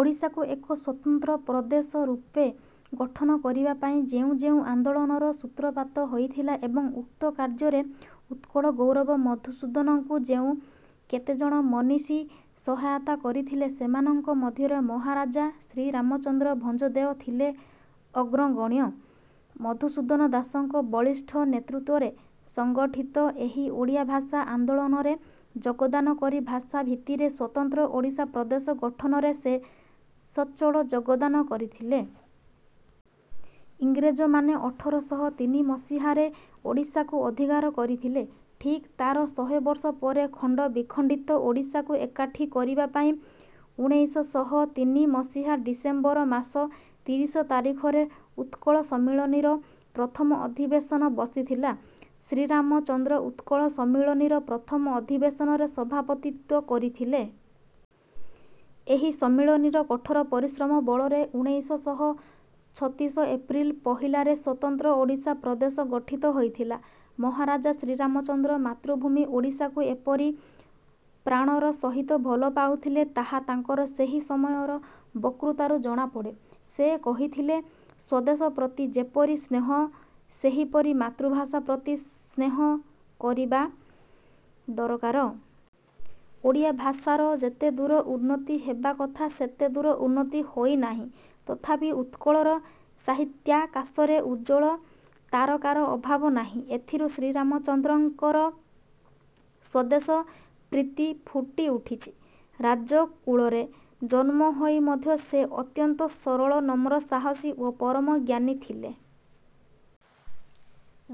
ଓଡ଼ିଶାକୁ ଏକ ସ୍ୱତନ୍ତ୍ର ପ୍ରଦେଶ ରୂପେ ଗଠନ କରିବା ପାଇଁ ଯେଉଁ ଆନ୍ଦୋଳନର ସୂତ୍ରପାତ ହୋଇଥିଲା ଏବଂ ଉକ୍ତ କାର୍ଯ୍ୟରେ ଉତ୍କଳଗୌରବ ମଧୁସୂଦନଙ୍କୁ ଯେଉଁ କେତେଜଣ ମନିଷୀ ସହାୟତା କରିଥିଲେ ସେମାନଙ୍କ ମଧ୍ୟରେ ମହାରାଜା ଶ୍ରୀରାମଚନ୍ଦ୍ର ଭଞ୍ଜଦେଓ ଥିଲେ ଅଗ୍ରଗଣ୍ୟ। ମଧୁସୂଦନ ଦାସଙ୍କ ବଳିଷ୍ଠ ନେତୃତ୍ୱରେ ସଂଗଠିତ ଏହି ଓଡ଼ିଆ ଭାଷା ଆନ୍ଦୋଳନରେ ଯୋଗଦାନ କରି ଭାଷା ଭିତ୍ତିରେ ସ୍ୱତନ୍ତ୍ର ଓଡ଼ିଶା ପ୍ରଦେଶ ଗଠନରେ ସେ ସଚଳ ଯୋଗଦାନ କରିଥିଲେ। ଇଂରେଜମାନେ ଅଠର ଶହ ତିନି ମସିହାରେ ଓଡ଼ିଶାକୁ ଅଧିକାର କରିଥିଲେ। ଠିକ୍ ତାର ଶହେବର୍ଷ ପରେ ଖଣ୍ଡ ବିଖଣ୍ଡିତ ଓଡ଼ିଶାକୁ ଏକାଠି କରିବା ପାଇଁ ଉଣେଇଶ ଶହ ତିନି ମସିହା ଡିସେମ୍ବର ମାସ ତିରିଶ ତାରିଖରେ ଉତ୍କଳ ସମ୍ମିଳନୀର ପ୍ରଥମ ଅଧିବେଶନ ବସିଥିଲା। ଶ୍ରୀରାମ ଚନ୍ଦ୍ର ଉତ୍କଳ ସମ୍ମିଳନୀର ପ୍ରଥମ ଅଧିବେଶନରେ ସଭାପତିତ୍ୱ କରିଥିଲେ। ଏହି ସମ୍ମିଳନୀର କଠୋର ପରିଶ୍ରମ ବଳରେ ଉଣେଇଶ ଶହ ଛତିଶ ଏପ୍ରିଲ ପହିଲାରେ ସ୍ୱତନ୍ତ୍ର ଓଡ଼ିଶା ପ୍ରଦେଶ ଗଠିତ ହୋଇଥିଲା। ମହାରାଜା ଶ୍ରୀରାମଚନ୍ଦ୍ର ମାତୃଭୂମି ଓଡ଼ିଶାକୁ ଏପରି ପ୍ରାଣର ସହିତ ଭଲ ପାଉଥିଲେ ତାହା ତାଙ୍କର ସେହି ସମୟର ବତ୍କୃତାରୁ ଜଣାପଡ଼େ। ସେ କହିଥିଲେ ସ୍ୱଦେଶ ପ୍ରତି ଯେପରି ସ୍ନେହ ସେହିପରି ମାତୃଭାଷା ପ୍ରତି ସ୍ନେହ କରିବା ଦରକାର। ଓଡ଼ିଆ ଭାଷାର ଯେତେ ଦୂର ଉନ୍ନତି ହେବା କଥା ସେତେ ଦୂର ଉନ୍ନତି ହୋଇ ନାହିଁ ତଥାପି ଉତ୍କଳର ସାହିତ୍ୟାକାଶରେ ଉଜ୍ଜଳ ତାରକାର ଅଭାବ ନାହିଁ। ଏଥିରୁ ଶ୍ରୀରାମଚନ୍ଦ୍ରଙ୍କର ସ୍ୱଦେଶ ପ୍ରୀତି ଫୁଟି ଉଠିଛି। ରାଜକୁଳରେ ଜନ୍ମ ହୋଇ ମଧ୍ୟ ସେ ଅତ୍ୟନ୍ତ ସରଳ ନମ୍ର ସାହସୀ ଓ ପରମ ଜ୍ଞାନୀ ଥିଲେ।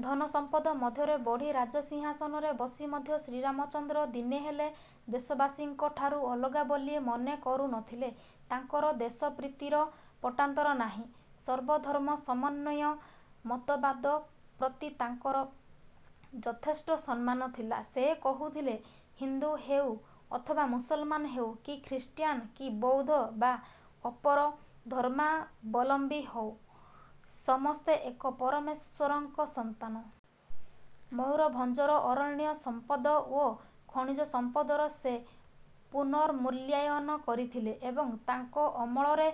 ଧନସମ୍ପଦ ମଧ୍ୟରେ ବଢ଼ି ରାଜ ସିଂହାସନରେ ବସି ମଧ୍ୟ ଶ୍ରୀରାମଚନ୍ଦ୍ର ଦିନେ ହେଲେ ଦେଶବାସୀଙ୍କ ଠାରୁ ଅଲଗା ବୋଲି ମନେ କରୁନଥିଲେ। ତାଙ୍କର ଦେଶପ୍ରୀତିର ପଟ୍ଟାନ୍ତର ନାହିଁ। ସର୍ବଧର୍ମ ସମନ୍ୱୟ ମତବାଦ ପ୍ରତି ତାଙ୍କର ଯଥେଷ୍ଟ ସମ୍ମାନ ଥିଲା। ସେ କହୁଥିଲେ ହିନ୍ଦୁ ହେଉ ଅଥବା ମୁସଲମାନ ହେଉ କି ଖ୍ରୀଷ୍ଟିଆନ କି ବୌଦ୍ଧ ବା ଅପର ଧର୍ମାବଲମ୍ବୀ ହେଉ ସମସ୍ତେ ଏକ ପରମେଶ୍ୱରଙ୍କ ସନ୍ତାନ। ମୟୂରଭଞ୍ଜର ଅରଣ୍ୟ ସମ୍ପଦ ଓ ଖଣିଜ ସମ୍ପଦର ସେ ପୁନର୍ମୂଲ୍ୟାୟନ କରିଥିଲେ ଏବଂ ତାଙ୍କ ଅମଳରେ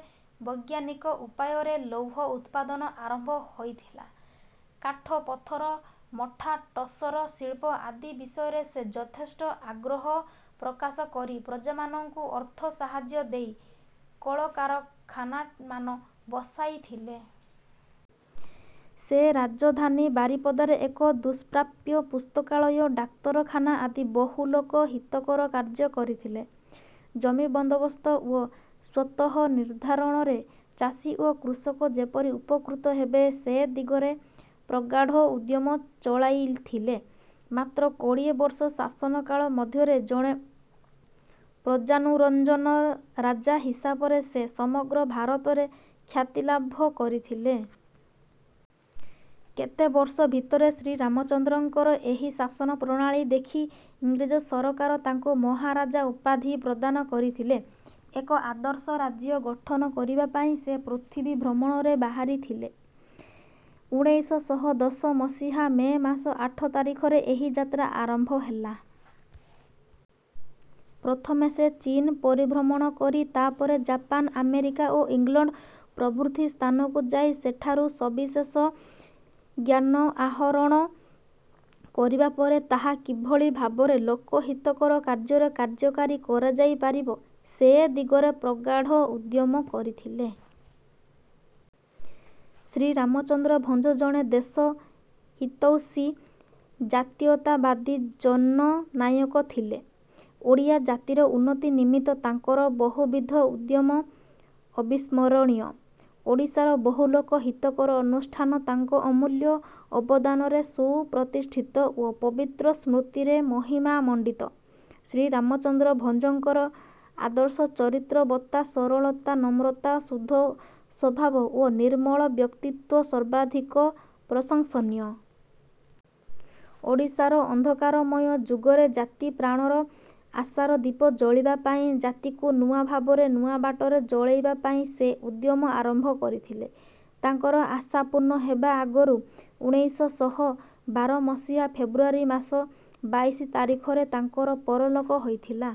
ବୈଜ୍ଞାନିକ ଉପାୟରେ ଲୌହ ଉତ୍ପାଦନ ଆରମ୍ଭ ହୋଇଥିଲା। କାଠ ପଥର ମଠା ଟସର ଶିଳ୍ପ ଆଦି ବିଷୟରେ ସେ ଯଥେଷ୍ଟ ଆଗ୍ରହ ପ୍ରକାଶ କରି ପ୍ରଜାମାନଙ୍କୁ ଅର୍ଥ ସାହାଯ୍ୟ ଦେଇ କଳକାରଖାନାମାନ ବସାଇଥିଲେ। ସେ ରାଜଧାନୀ ବାରିପଦାରେ ଏକ ଦୁଷ୍ପ୍ରାପ୍ୟ ପୁସ୍ତକାଳୟ ଡାକ୍ତରଖାନା ଆଦି ବହୁ ଲୋକ ହିତକର କାର୍ଯ୍ୟ କରିଥିଲେ। ଜମି ବନ୍ଦୋବସ୍ତ ଓ ସ୍ୱତ୍ତ୍ୱ ନିର୍ଦ୍ଧାରଣରେ ଚାଷୀ ଓ କୃଷକ ଯେପରି ଉପକୃତ ହେବେ ସେ ଦିଗରେ ପ୍ରଗାଢ଼ ଉଦ୍ୟମ ଚଳାଇଥିଲେ। ମାତ୍ର କୋଡ଼ିଏ ବର୍ଷ ଶାସନ କାଳ ମଧ୍ୟରେ ଜଣେ ପ୍ରଜାନୁରଞ୍ଜନ ରାଜା ହିସାବରେ ସେ ସମଗ୍ର ଭାରତରେ ଖ୍ୟାତିଲାଭ କରିଥିଲେ। କେତେ ବର୍ଷ ଭିତରେ ଶ୍ରୀରାମଚନ୍ଦ୍ରଙ୍କର ଏହି ଶାସନ ପ୍ରଣାଳୀ ଦେଖି ଇଂରେଜ ସରକାର ତାଙ୍କୁ ମହାରାଜା ଉପାଧି ପ୍ରଦାନ କରିଥିଲେ। ଏକ ଆଦର୍ଶ ରାଜ୍ୟ ଗଠନ କରିବା ପାଇଁ ସେ ପୃଥିବୀ ଭ୍ରମଣରେ ବାହାରିଥିଲେ। ଉଣେଇଶ ଶହ ଦଶ ମସିହା ମେ ମାସ ଆଠ ତାରିଖରେ ଏହି ଯାତ୍ରା ଆରମ୍ଭ ହେଲା। ପ୍ରଥମେ ସେ ଚୀନ ପରିଭ୍ରମଣ କରି ତାପରେ ଜାପାନ ଆମେରିକା ଓ ଇଂଲଣ୍ଡ ପ୍ରଭୃତି ସ୍ଥାନକୁ ଯାଇ ସେଠାରୁ ସବିଶେଷ ଜ୍ଞାନ ଆହରଣ କରିବା ପରେ ତାହା କିଭଳି ଭାବରେ ଲୋକ ହିତକର କାର୍ଯ୍ୟରେ କାର୍ଯ୍ୟକାରୀ କରାଯାଇ ପାରିବ ସେ ଦିଗରେ ପ୍ରଗାଢ଼ ଉଦ୍ୟମ କରିଥିଲେ। ଶ୍ରୀରାମଚନ୍ଦ୍ର ଭଞ୍ଜ ଜଣେ ଦେଶ ହିତୈଷୀ ଜାତୀୟତାବାଦୀ ଜନନାୟକ ଥିଲେ। ଓଡ଼ିଆ ଜାତିର ଉନ୍ନତି ନିମିତ୍ତ ତାଙ୍କର ବହୁବିଧ ଉଦ୍ୟମ ଅବିସ୍ମରଣୀୟ। ଓଡ଼ିଶାର ବହୁ ଲୋକ ହିତକର ଅନୁଷ୍ଠାନ ତାଙ୍କ ଅମୂଲ୍ୟ ଅବଦାନରେ ସୁପ୍ରତିଷ୍ଠିତ ଓ ପବିତ୍ର ସ୍ମୃତିରେ ମହିମାମଣ୍ଡିତ। ଶ୍ରୀରାମଚନ୍ଦ୍ର ଭଞ୍ଜଙ୍କର ଆଦର୍ଶ ଚରିତ୍ରବତ୍ତା ସରଳତା ନମ୍ରତା ଶୁଦ୍ଧ ସ୍ୱଭାବ ଓ ନିର୍ମଳ ବ୍ୟକ୍ତିତ୍ୱ ସର୍ବାଧିକ ପ୍ରଶଂସନୀୟ। ଓଡ଼ିଶାର ଅନ୍ଧକାରମୟ ଯୁଗରେ ଜାତି ପ୍ରାଣର ଆଶାର ଦୀପ ଜାଳିବା ପାଇଁ ଜାତିକୁ ନୂଆ ଭାବରେ ନୂଆ ବାଟରେ ଜଳେଇବା ପାଇଁ ସେ ଉଦ୍ୟମ ଆରମ୍ଭ କରିଥିଲେ। ତାଙ୍କର ଆଶା ପୂର୍ଣ୍ଣ ହେବା ଆଗରୁ ଉଣେଇଶ ଶହ ବାର ମସିହା ଫେବୃଆରୀ ମାସ ବାଇଶି ତାରିଖରେ ତାଙ୍କର ପରଲୋକ ହୋଇଥିଲା।